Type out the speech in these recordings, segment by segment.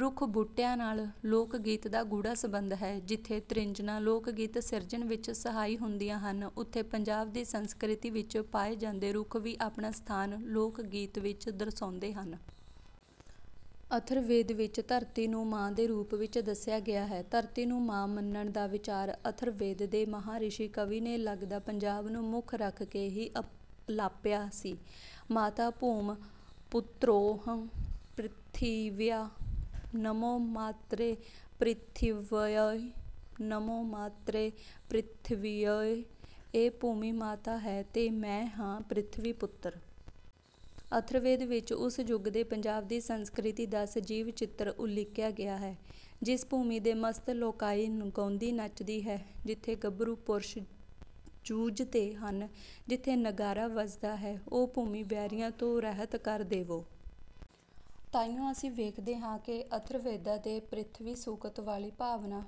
ਰੁੱਖ ਬੂਟਿਆਂ ਨਾਲ ਲੋਕ ਗੀਤ ਦਾ ਗੂੜਾ ਸੰਬੰਧ ਹੈ। ਜਿੱਥੇ ਤ੍ਰਿਜਣਾਂ ਲੋਕ ਗੀਤ ਸਿਰਜਣ ਵਿੱਚ ਸਹਾਈ ਹੁੰਦੀਆਂ ਹਨ, ਉੱਥੇ ਪੰਜਾਬ ਦੀ ਸੰਸਕ੍ਰਿਤੀ ਵਿੱਚ ਪਾਏ ਜਾਂਦੇ ਰੁੱਖ ਵੀ ਆਪਣਾ ਸਥਾਨ ਲੋਕ ਗੀਤ ਵਿੱਚ ਦਰਸਾਉਂਦੇ ਹਨ। ਅਥਰਵੇਦ ਵਿੱਚ ਧਰਤੀ ਨੂੰ ਮਾਂ ਦੇ ਰੂਪ ਵਿੱਚ ਦੱਸਿਆ ਗਿਆ ਹੈ। ਧਰਤੀ ਨੂੰ ਮਾਂ ਮੰਨਣ ਦਾ ਵਿਚਾਰ ਅਥਰਵੇਦ ਦੇ ਮਹਾਂ ਰਿਸ਼ੀ ਕਵੀ ਨੇ ਲਗਦਾ ਪੰਜਾਬ ਨੂੰ ਮੁੱਖ ਰੱਖ ਕੇ ਹੀ ਅਲਾਪਿਆ ਸੀ: 'ਮਾਤਾ ਭੂਮਿ ਪੁਤ੍ਰੋਹੰ ਪ੍ਰਿਥਿਵਿਆਂ, ਨਮੋ ਮਾਤ੍ਰੇ ਪ੍ਰਿਥਿਵਯੈ, ਨਮੋ ਮਾਤ੍ਰੇ ਪ੍ਰਿਥਿਵਯੈ' ਇਹ ਭੂਮੀ ਮਾਤਾ ਹੈ ਤੇ ਮੈਂ ਹਾਂ ਪ੍ਰਿਥਵੀ ਪੁੱਤਰ। ਅਥਰਵੇਦ ਵਿੱਚ ਉਸ ਯੁਗ ਦੇ ਪੰਜਾਬ ਦੀ ਸੰਸਕ੍ਰਿਤੀ ਦਾ ਸਜੀਵ ਚਿੱਤਰ ਉਲੀਕਿਆ ਗਿਆ ਹੈ: 'ਜਿਸ ਭੂਮੀ ਤੇ ਮਸਤ ਲੋਕਾਈ ਗਾਉਂਦੀ ਨੱਚਦੀ ਹੈ, ਜਿੱਥੇ ਗੱਭਰੂ ਪੁਰਸ਼ ਜੂਝਦੇ ਹਨ, ਜਿੱਥੇ ਨਗਾਰਾ ਵੱਜਦਾ ਹੈ, ਉਹ ਭੂਮੀ ਵੈਰੀਆਂ ਤੋਂ ਰਹਿਤ ਕਰ ਦੇਵੋ।' ਤਾਹੀਓਂ ਅਸੀਂ ਵੇਖਦੇ ਹਾਂ ਕਿ ਅਥਰਵੇਦ ਦੇ 'ਪ੍ਰਿਥਵੀ ਸੂਕਤ' ਵਾਲੀ ਭਾਵਨਾ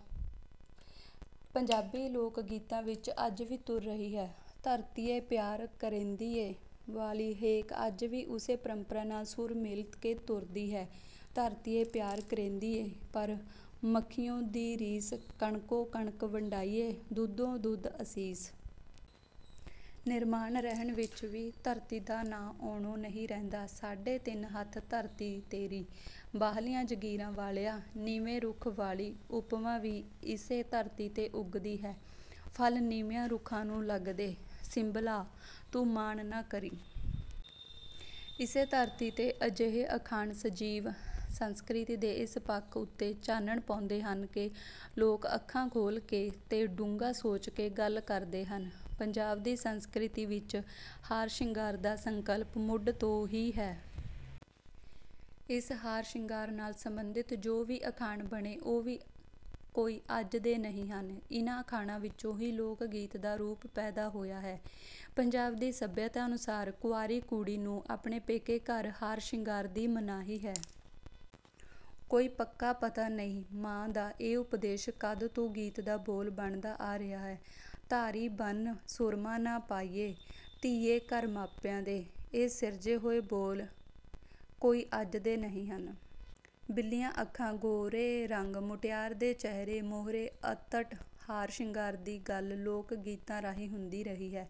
ਪੰਜਾਬੀ ਲੋਕ ਗੀਤਾਂ ਵਿੱਚ ਅੱਜ ਵੀ ਤੁਰ ਰਹੀ ਹੈ। 'ਧਰਤੀਏ ਪਿਆਰ ਕਰੇਂਦੀ ਏ' ਵਾਲੀ ਹੇਕ ਅੱਜ ਵੀ ਉਸੇ ਪਰੰਪਰਾ ਨਾਲ ਸੁਰ ਮੇਲ ਕੇ ਤੁਰਦੀ ਹੈ: ਧਰਤੀਏ ਪਿਆਰ ਕਰੇਂਦੀ ਏ, ਪਰ ਮਖੀਉਂ ਦੀ ਰੀਸ ਕਣਕੋਂ ਕਣਕ ਵੰਡਾਈ ਏ, ਦੁੱਧੋਂ ਦੁੱਧ ਅਸੀਸ। ਨਿਰਮਾਣ ਰਹਿਣ ਵਿੱਚ ਵੀ ਧਰਤੀ ਦਾ ਨਾਂ ਆਉਣੋਂ ਨਹੀਂ ਰਹਿੰਦਾ: ਸਾਢੇ ਤਿੰਨ ਹੱਥ ਧਰਤੀ ਤੇਰੀ, ਬਾਹਲੀਆਂ ਜਗੀਰਾਂ ਵਾਲਿਆ। ਨੀਵੇਂ ਰੁੱਖ ਵਾਲੀ ਉਪਮਾ ਵੀ ਇਸੇ ਧਰਤੀ ਤੇ ਉਗਦੀ ਹੈ: ਫਲ ਨੀਵਿਆਂ ਰੁੱਖਾਂ ਨੂੰ ਲੱਗਦੇ, ਸਿੰਬਲਾ ਤੂੰ ਮਾਣ ਨਾ ਕਰੀਂ। ਇਸੇ ਧਰਤੀ ਤੇ ਅਜਿਹੇ ਅਖਾਣ ਸਜੀਵ ਸੰਸਕ੍ਰਿਤੀ ਦੇ ਇਸ ਪੱਖ ਉੱਤੇ ਚਾਨਣ ਪਾਉਂਦੇ ਹਨ ਕਿ ਲੋਕ ਅੱਖਾਂ ਖੋਲ੍ਹ ਕੇ ਤੇ ਡੂੰਘਾ ਸੋਚ ਕੇ ਗੱਲ ਕਰਦੇ ਹਨ। ਪੰਜਾਬ ਦੀ ਸੰਸਕ੍ਰਿਤੀ ਵਿੱਚ ਹਾਰ ਸ਼ਿੰਗਾਰ ਦਾ ਸੰਕਲਪ ਮੁੱਢ ਤੋਂ ਹੀ ਹੈ। ਇਸ ਹਾਰ ਸ਼ਿੰਗਾਰ ਨਾਲ ਸੰਬੰਧਿਤ ਜੋ ਵੀ ਅਖਾਣ ਬਣੇ ਉਹ ਵੀ ਕੋਈ ਅੱਜ ਦੇ ਨਹੀਂ ਹਨ। ਇਨ੍ਹਾਂ ਅਖਾਣਾਂ ਵਿੱਚੋਂ ਹੀ ਲੋਕ ਗੀਤ ਦਾ ਰੂਪ ਪੈਦਾ ਹੋਇਆ ਹੈ। ਪੰਜਾਬ ਦੀ ਸੱਭਿਅਤਾ ਅਨੁਸਾਰ ਕੁਆਰੀ ਕੁੜੀ ਨੂੰ ਆਪਣੇ ਪੇਕੇ ਘਰ ਹਾਰ ਸ਼ਿੰਗਾਰ ਦੀ ਮਨਾਹੀ ਹੈ। ਕੋਈ ਪੱਕਾ ਪਤਾ ਨਹੀਂ ਮਾਂ ਦਾ ਇਹ ਉਪਦੇਸ਼ ਕਦ ਤੋਂ ਗੀਤ ਦਾ ਬੋਲ ਬਣਦਾ ਆ ਰਿਹਾ ਹੈ: 'ਧਾਰੀ ਬੰਨ੍ਹ ਸੁਰਮਾਂ ਨਾ ਪਾਈਏ, ਧੀਏ ਘਰ ਮਾਪਿਆਂ ਦੇ।' ਇਹ ਸਿਰਜੇ ਹੋਏ ਬੋਲ ਕੋਈ ਅੱਜ ਦੇ ਨਹੀਂ ਹਨ। ਬਿੱਲੀਆਂ ਅੱਖਾਂ, ਗੋਰੇ ਰੰਗ, ਮੁਟਿਆਰ ਦੇ ਚਿਹਰੇ ਮੋਹਰੇ ਅਤਟ ਹਾਰ ਸ਼ਿੰਗਾਰ ਦੀ ਗੱਲ ਲੋਕ ਗੀਤਾਂ ਰਾਹੀਂ ਹੁੰਦੀ ਰਹੀ ਹੈ।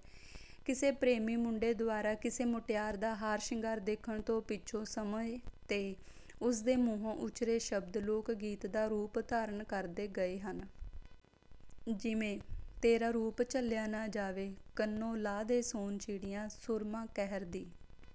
ਕਿਸੇ ਪ੍ਰੇਮੀ ਮੁੰਡੇ ਦੁਆਰਾ ਕਿਸੇ ਮੁਟਿਆਰ ਦਾ ਹਾਰ ਸ਼ਿੰਗਾਰ ਦੇਖਣ ਤੋਂ ਪਿੱਛੋਂ ਸਮੇਂ ਤੇ ਉਸ ਦੇ ਮੂੰਹੋਂ ਉਚਰੇ ਸ਼ਬਦ ਲੋਕ ਗੀਤ ਦਾ ਰੂਪ ਧਾਰਨ ਕਰਦੇ ਗਏ ਹਨ। ਜਿਵੇਂ: ਤੇਰਾ ਰੂਪ ਝੱਲਿਆ ਨਾ ਜਾਵੇ, ਕੰਨੋਂ ਲਾ ਦੇ ਸੋਨ ਚਿੜੀਆਂ, ਸੁਰਮਾ ਕਹਿਰ ਦੀ